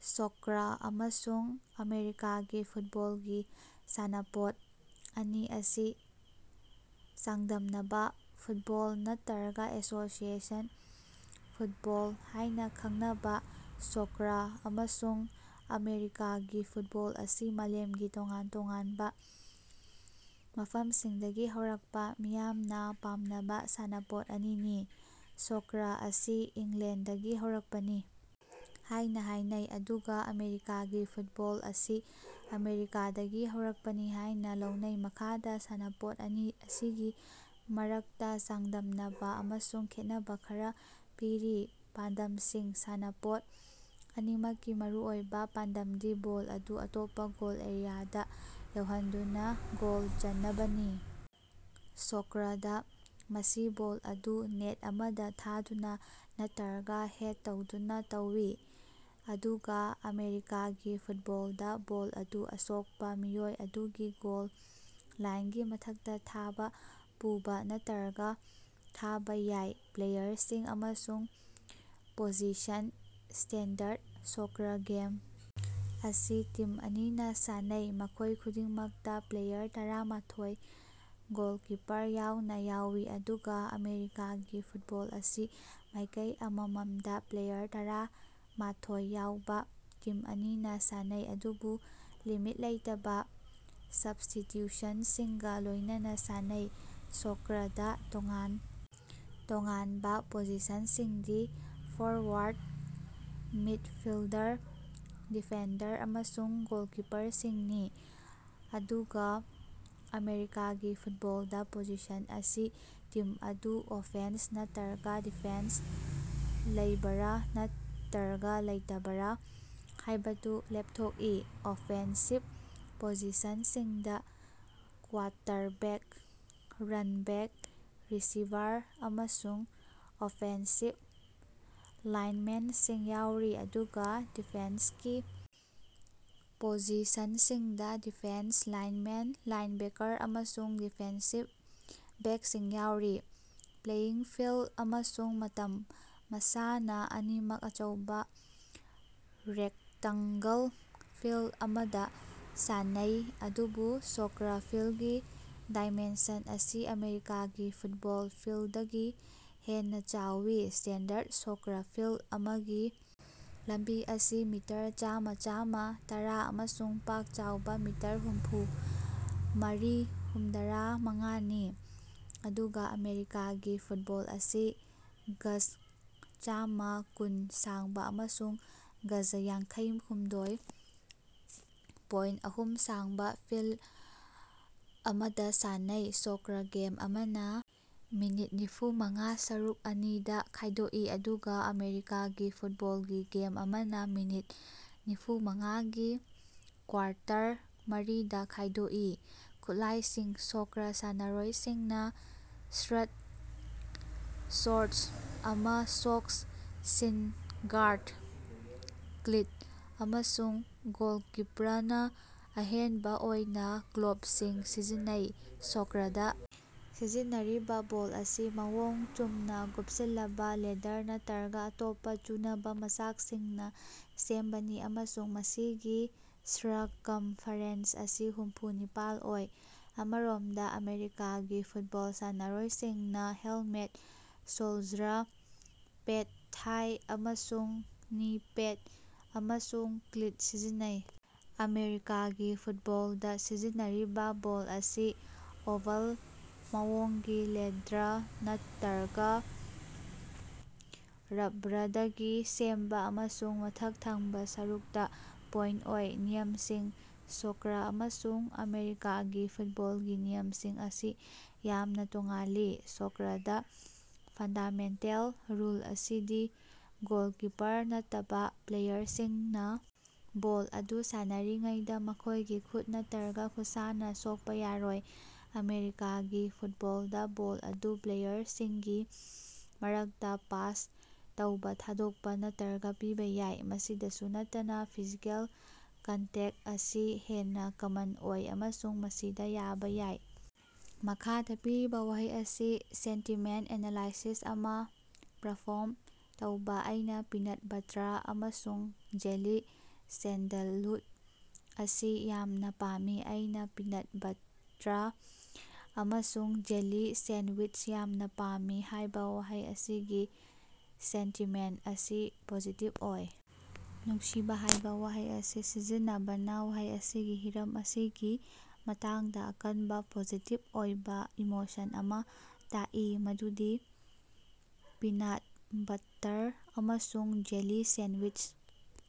Soccer ꯑꯃꯁꯨꯡ ꯑꯃꯦꯔꯤꯀꯥꯒꯤ ꯐꯨꯠꯕꯣꯜꯒꯤ ꯁꯥꯟꯅꯄꯣꯠ ꯑꯅꯤ ꯑꯁꯤ ꯆꯥꯡꯗꯝꯅꯕ ꯫ ꯐꯨꯠꯕꯣꯜ ꯅꯠꯇꯔꯒ ꯑꯦꯁꯣꯁꯤꯑꯦꯁꯟ ꯐꯨꯠꯕꯣꯜ ꯍꯥꯏꯅ ꯈꯪꯅꯕ ꯁꯣꯀ꯭ꯔ ꯑꯃꯁꯨꯡ ꯑꯃꯦꯔꯤꯀꯥꯒꯤ ꯐꯨꯠꯕꯣꯜ ꯑꯁꯤ ꯃꯥꯂꯦꯝꯒꯤ ꯇꯣꯉꯥꯟ ꯇꯣꯉꯥꯟꯕ ꯃꯐꯝꯁꯤꯡꯗꯒꯤ ꯍꯧꯔꯛꯄ ꯃꯤꯌꯥꯝꯅ ꯄꯥꯝꯅꯕ ꯁꯥꯟꯅꯄꯣꯠ ꯑꯅꯤꯅꯤ꯫ ꯁꯣꯀ꯭ꯔ ꯑꯁꯤ ꯏꯪꯂꯦꯟꯗꯒꯤ ꯍꯧꯔꯛꯄꯅꯤ ꯍꯥꯏꯅ ꯍꯥꯏꯅꯩ, ꯑꯗꯨꯒ ꯑꯃꯦꯔꯤꯀꯥꯒꯤ ꯐꯨꯠꯕꯣꯜ ꯑꯁꯤ ꯑꯃꯦꯔꯤꯀꯥꯗꯒꯤ ꯍꯧꯔꯛꯄꯅꯤ ꯍꯥꯏꯅ ꯂꯧꯅꯩ꯫ ꯃꯈꯥꯗꯥ ꯁꯥꯟꯅꯄꯣꯠ ꯑꯅꯤ ꯑꯁꯤꯒꯤ ꯃꯔꯛꯇ ꯆꯥꯡꯗꯝꯅꯕ ꯑꯃꯁꯨꯡ ꯈꯦꯠꯅꯕ ꯈꯔ ꯄꯤꯔꯤ: ꯄꯥꯟꯗꯝꯁꯤꯡ: ꯁꯥꯟꯅꯄꯣꯠ ꯑꯅꯤꯃꯛꯀꯤ ꯃꯔꯨꯑꯣꯏꯕ ꯄꯥꯟꯗꯝꯗꯤ ꯕꯣꯜ ꯑꯗꯨ ꯑꯇꯣꯞꯄ ꯒꯣꯜ ꯑꯦꯔꯤꯌꯥꯗ ꯌꯧꯍꯟꯗꯨꯅ ꯒꯣꯜ ꯆꯟꯅꯕꯅꯤ꯫ ꯁꯣꯀ꯭ꯔꯗ, ꯃꯁꯤ ꯕꯣꯜ ꯑꯗꯨ ꯅꯦꯠ ꯑꯃꯗ ꯊꯥꯗꯨꯅ ꯅꯠꯇꯔꯒ ꯍꯦꯗ ꯇꯧꯗꯨꯅ ꯇꯧꯏ; ꯑꯗꯨꯒ ꯑꯃꯦꯔꯤꯀꯥꯒꯤ ꯐꯨꯠꯕꯣꯜꯗ ꯕꯣꯜ ꯑꯗꯨ ꯑꯁꯣꯛꯄ ꯃꯤꯑꯣꯏ ꯑꯗꯨꯒꯤ ꯒꯣꯜ ꯂꯥꯏꯟꯒꯤ ꯃꯊꯛꯇ ꯊꯥꯕ, ꯄꯨꯕ ꯅꯠꯇꯔꯒ ꯊꯥꯕ ꯌꯥꯏ꯫ ꯄ꯭ꯂꯦꯌꯔꯁꯤꯡ ꯑꯃꯁꯨꯡ ꯄꯣꯖꯤꯁꯟ: ꯁ꯭ꯇꯦꯟꯗꯔꯗ ꯁꯣꯀ꯭ꯔ ꯒꯦꯝ ꯑꯁꯤ ꯇꯤꯝ ꯑꯅꯤꯅ ꯁꯥꯟꯅꯩ, ꯃꯈꯣꯏ ꯈꯨꯗꯤꯡꯃꯛꯇ ꯄ꯭ꯂꯦꯌꯥꯔ ꯇꯔꯥ ꯃꯥꯊꯣꯏ (ꯒꯣꯂꯀꯤꯄ꯭ꯔ ꯌꯥꯎꯅ) ꯌꯥꯎꯏ, ꯑꯗꯨꯒ ꯑꯃꯦꯔꯤꯀꯥꯒꯤ ꯐꯨꯠꯕꯣꯜ ꯑꯁꯤ ꯃꯥꯏꯀꯩ ꯑꯃꯃꯝꯗ ꯄ꯭ꯂꯦꯌꯥꯔ ꯇꯔꯥ ꯃꯥꯊꯣꯏ ꯌꯥꯎꯕ ꯇꯤꯝ ꯑꯅꯤꯅ ꯁꯥꯟꯅꯩ, ꯑꯗꯨꯕꯨ ꯂꯤꯃꯤꯠ ꯂꯩꯇꯕ ꯁꯕ꯭ꯁ꯭ꯇꯤꯇ꯭ꯌꯨꯁꯟꯁꯤꯡꯒ ꯂꯣꯏꯅꯅ ꯁꯥꯟꯅꯩ꯫ ꯁꯣꯀ꯭ꯔꯗ ꯇꯣꯉꯥꯟ ꯇꯣꯉꯥꯟꯕ ꯄꯣꯖꯤꯁꯟꯁꯤꯡꯗꯤ- ꯐ꯭ꯣꯔꯋꯥꯔꯗ, ꯃꯤꯗꯐꯤꯜꯗꯔ, ꯗꯤꯐꯦꯟꯗꯔ ꯑꯃꯁꯨꯡ ꯒꯣꯜꯀꯤꯄꯔꯁꯤꯡꯅꯤ, ꯑꯗꯨꯒ ꯑꯃꯦꯔꯤꯀꯒꯤ ꯐꯨꯠꯕꯣꯜꯗ ꯄꯣꯖꯤꯁꯟ ꯑꯁꯤ ꯇꯤꯝ ꯑꯗꯨ ꯑꯣꯐꯦꯟꯁ ꯅꯠꯇꯔꯒ ꯗꯤꯐꯦꯟꯁꯇ ꯂꯩꯕꯔ ꯅꯠꯇꯔꯒ ꯂꯩꯇꯕꯔ ꯍꯥꯏꯕꯗꯨ ꯂꯦꯞꯊꯣꯛꯏ꯫ ꯑꯣꯐꯦꯟꯁꯤꯚ ꯄꯣꯖꯤꯁꯟꯁꯤꯡꯗ ꯀ꯭ꯋꯥꯇꯔꯕꯦꯛ, ꯔꯟꯕꯦꯛ, ꯔꯤꯁꯤꯚꯥꯔ ꯑꯃꯁꯨꯡ ꯑꯣꯐꯦꯟꯁꯤꯚ ꯂꯥꯏꯟꯃꯦꯟꯁꯤꯡ ꯌꯥꯎꯔꯤ, ꯑꯗꯨꯒ ꯗꯤꯐꯦꯟꯁꯀꯤ ꯄꯣꯖꯤꯁꯟꯁꯤꯡꯗ ꯗꯤꯐꯦꯟꯁ ꯂꯥꯏꯟꯃꯦꯟ, ꯂꯥꯏꯟꯕꯦꯀꯔ ꯑꯃꯁꯨꯡ ꯗꯤꯐꯦꯟꯁꯤꯚ ꯕꯦꯛꯁꯤꯡ ꯌꯥꯎꯔꯤ꯫ ꯄ꯭ꯂꯦꯌꯤꯡ ꯐꯤꯜꯗ ꯑꯃꯁꯨꯡ ꯃꯇꯝ: ꯃꯁꯥꯅ ꯑꯅꯤꯃꯛ ꯑꯆꯧꯕ ꯔꯦꯛꯇꯡꯒꯜ ꯐꯤꯜꯗ ꯑꯃꯗ ꯁꯥꯟꯅꯩ, ꯑꯗꯨꯕꯨ ꯁꯣꯀ꯭ꯔ ꯐꯤꯜꯒꯤ ꯗꯥꯏꯃꯦꯟꯁꯟ ꯑꯁꯤ ꯑꯃꯦꯔꯤꯀꯥꯒꯤ ꯐꯨꯠꯕꯣꯜ ꯐꯤꯜꯗꯗꯒꯤ ꯍꯦꯟꯅ ꯆꯥꯎꯏ꯫ ꯁ꯭ꯇꯦꯟꯗꯔꯗ ꯁꯣꯀ꯭ꯔ ꯐꯤꯜꯗ ꯑꯃꯒꯤ ꯂꯝꯕꯤ ꯑꯁꯤ ꯃꯤꯇꯔ ꯆꯥꯝꯃ- ꯆꯥꯝꯃ ꯇꯔꯥ ꯑꯃꯁꯨꯡ ꯄꯥꯛ ꯆꯥꯎꯕꯥ ꯃꯤꯇꯔ ꯍꯨꯝꯐꯨ ꯃꯥꯔꯤ-ꯍꯨꯝꯗꯔꯥ ꯃꯉꯥꯅꯤ, ꯑꯗꯨꯒꯥ ꯑꯃꯦꯔꯤꯀꯥꯒꯤ ꯐꯨꯠꯕꯣꯜ ꯑꯁꯤ ꯒꯖ ꯆꯥꯝꯃ ꯀꯨꯟ ꯁꯥꯡꯕꯥ ꯑꯃꯁꯨꯡ ꯒꯖ ꯌꯥꯡꯈꯩꯍꯨꯝꯗꯣꯏ ꯄꯣꯏꯟ ꯑꯍꯨꯝ ꯁꯥꯡꯕ ꯐꯤꯜꯗ ꯑꯃꯗ ꯁꯥꯟꯅꯩ꯫ ꯁꯣꯀ꯭ꯔ ꯒꯦꯝ ꯑꯃꯅ ꯃꯤꯅꯤꯠ ꯅꯤꯐꯨ ꯃꯉꯥ ꯁꯔꯨꯛ ꯑꯅꯤꯗ ꯈꯥꯏꯗꯣꯛꯏ ꯑꯗꯨꯒ ꯑꯃꯦꯔꯤꯀꯥꯒꯤ ꯐꯨꯠꯕꯣꯜꯒꯤ ꯒꯦꯝ ꯑꯃꯅ ꯃꯤꯅꯤꯠ ꯅꯤꯐꯨ ꯃꯉꯥꯒꯤ ꯀ꯭ꯋꯥꯔꯇꯔ ꯃꯔꯤꯗ ꯈꯥꯏꯗꯣꯛꯏ꯫ ꯈꯨꯠꯂꯥꯏꯁꯤꯡ: ꯁꯣꯀ꯭ꯔ ꯁꯥꯟꯅꯔꯣꯏꯁꯤꯡꯅ ꯁ꯭ꯔꯠ, ꯁ꯭ꯣꯔꯠꯁ ꯑꯃ, ꯁꯣꯛꯁ, ꯁꯤꯟ ꯒꯥꯔꯗ, ꯀ꯭ꯂꯤꯠ ꯑꯃꯁꯨꯡ ꯒꯣꯜꯀꯤꯄ꯭ꯔꯅ ꯑꯍꯦꯟꯕ ꯑꯣꯏꯅ ꯒ꯭ꯂꯣꯕꯁꯤꯡ ꯁꯤꯖꯤꯟꯅꯩ꯫ ꯁꯣꯀ꯭ꯔꯗ ꯁꯤꯖꯤꯟꯅꯔꯤꯕ ꯕꯣꯜ ꯑꯁꯤ ꯃꯑꯣꯡ ꯆꯨꯝꯅ ꯀꯨꯞꯁꯤꯜꯂꯕ, ꯂꯦꯗꯔ ꯅꯠꯇꯔꯒ ꯑꯇꯣꯞꯄ ꯆꯨꯅꯕ ꯃꯆꯥꯛꯁꯤꯡꯅ ꯁꯦꯝꯕꯅꯤ ꯑꯃꯁꯨꯡ ꯃꯁꯤꯒꯤ ꯁ꯭ꯔꯀꯝꯐꯦꯔꯦꯟꯁ ꯑꯁꯤ ꯍꯨꯝꯐꯨ ꯅꯤꯄꯥꯜ ꯑꯣꯏ꯫ ꯑꯃꯔꯣꯝꯗ ꯑꯃꯦꯔꯤꯀꯥꯒꯤ ꯐꯨꯠꯕꯣꯜ ꯁꯥꯟꯅꯔꯣꯏꯁꯤꯡꯅ ꯍꯦꯜꯃꯦꯠ, ꯁꯣꯜꯖ꯭ꯔ ꯄꯦꯗ, ꯊꯥꯏ ꯑꯃꯁꯨꯡ ꯅꯤ ꯄꯦꯗ, ꯑꯃꯁꯨꯡ ꯀ꯭ꯂꯤꯠ ꯁꯤꯖꯤꯟꯅꯩ꯫ ꯑꯃꯦꯔꯤꯀꯥꯒꯤ ꯐꯨꯠꯕꯣꯜꯗ ꯁꯤꯖꯤꯟꯅꯔꯤꯕ ꯕꯣꯜ ꯑꯁꯤ ꯑꯣꯚꯜ ꯃꯑꯣꯡꯒꯤ, ꯂꯦꯗ꯭ꯔ ꯅꯠꯇꯔꯒ ꯔ꯭ꯕꯕ꯭ꯔꯗꯒꯤ ꯁꯦꯝꯕ ꯑꯃꯁꯨꯡ ꯃꯊꯛ ꯊꯪꯕꯥ ꯁꯔꯨꯛꯇ ꯄꯣꯏꯟꯠ ꯑꯣꯏ꯫ ꯅꯤꯌꯝꯁꯤꯡ: ꯁꯣꯀ꯭ꯔ ꯑꯃꯁꯨꯡ ꯑꯃꯦꯔꯤꯀꯥꯒꯤ ꯐꯨꯠꯕꯣꯜꯒꯤ ꯅꯤꯌꯝꯁꯤꯡ ꯑꯁꯤ ꯌꯥꯝꯅ ꯇꯣꯉꯥꯜꯂꯤ꯫ ꯁꯣꯀ꯭ꯔꯗ, ꯐꯟꯗꯥꯃꯦꯟꯇꯦꯜ ꯔꯨꯜ ꯑꯁꯤꯗꯤ ꯒꯣꯜꯀꯤꯄꯔ ꯅꯠꯇꯕ ꯄ꯭ꯂꯦꯌꯔꯁꯤꯡꯅ ꯕꯣꯜ ꯑꯗꯨ ꯁꯥꯟꯅꯔꯤꯉꯩꯗ ꯃꯈꯣꯏꯒꯤ ꯈꯨꯠ ꯅꯠꯇꯔꯒ ꯈꯨꯠꯁꯥꯅ ꯁꯣꯛꯄ ꯌꯥꯔꯣꯏ꯫ ꯑꯃꯦꯔꯤꯀꯥꯒꯤ ꯐꯨꯠꯕꯣꯜꯗ ꯕꯣꯜ ꯑꯗꯨ ꯄ꯭ꯂꯦꯌ꯭ꯔꯁꯤꯡꯒꯤ ꯃꯔꯛꯇ ꯄꯥꯁ ꯇꯧꯕ, ꯊꯥꯗꯣꯛꯄ ꯅꯠꯇꯔꯒ ꯄꯤꯕꯥ ꯌꯥꯏ꯫ ꯃꯁꯤꯗꯁꯨ ꯅꯠꯇꯅ, ꯐꯤꯖꯤꯀꯦꯜ ꯀꯟꯇꯦꯛ ꯑꯁꯤ ꯍꯦꯟꯅ ꯀꯃꯟ ꯑꯣꯏ ꯑꯃꯁꯨꯡ ꯃꯁꯤꯗ ꯌꯥꯕ ꯌꯥꯏ꯫ ꯃꯈꯥꯗ ꯄꯤꯔꯤꯕ ꯋꯥꯍꯩ ꯑꯁꯤꯒꯤ ꯁꯦꯟꯇꯤꯃꯦꯟꯠ ꯑꯦꯅꯥꯂꯥꯏꯁꯤꯁ ꯑꯃ ꯄ꯭ꯔꯐ꯭ꯣꯔꯝ ꯇꯧꯕ꯫ ꯑꯩꯅ ꯄꯤꯅꯠ ꯕꯠꯇ꯭ꯔ ꯑꯃꯁꯨꯡ ꯖꯦꯂꯤ ꯁꯦꯟꯗꯂꯋꯨꯗ ꯑꯁꯤ ꯌꯥꯝꯅ ꯄꯥꯝꯃꯤ꯫ "ꯑꯩꯅꯥ ꯄꯤꯅꯠ ꯕꯠꯇ꯭ꯔ ꯑꯃꯁꯨꯡ ꯖꯦꯂꯤ ꯁꯦꯟꯋꯤꯆ ꯌꯥꯝꯅ ꯄꯥꯝꯃꯤ" ꯍꯥꯏꯕ ꯋꯥꯍꯩ ꯑꯁꯤꯒꯤ ꯁꯦꯟꯇꯤꯃꯦꯟꯠ ꯑꯁꯤ ꯄꯣꯖꯤꯇꯤꯕ ꯑꯣꯏ꯫ "ꯅꯨꯡꯁꯤꯕꯥ" ꯍꯥꯏꯕ ꯋꯥꯍꯩ ꯑꯁꯤ ꯁꯤꯖꯤꯟꯅꯕꯅ ꯋꯥꯍꯩ ꯑꯁꯤꯒꯤ ꯍꯤꯔꯝ ꯑꯁꯤꯒꯤ ꯃꯇꯥꯡꯗ ꯑꯀꯟꯕ ꯄꯣꯖꯤꯇꯤꯕ ꯑꯣꯏꯕ ꯏꯃꯣꯁꯟ ꯑꯃ ꯇꯥꯛꯏ, ꯃꯗꯨꯗꯤ ꯄꯤꯅꯥꯠ ꯕꯠꯇꯔ ꯑꯃꯁꯨꯡ ꯖꯦꯂꯤ ꯁꯦꯟꯋꯤꯆ꯫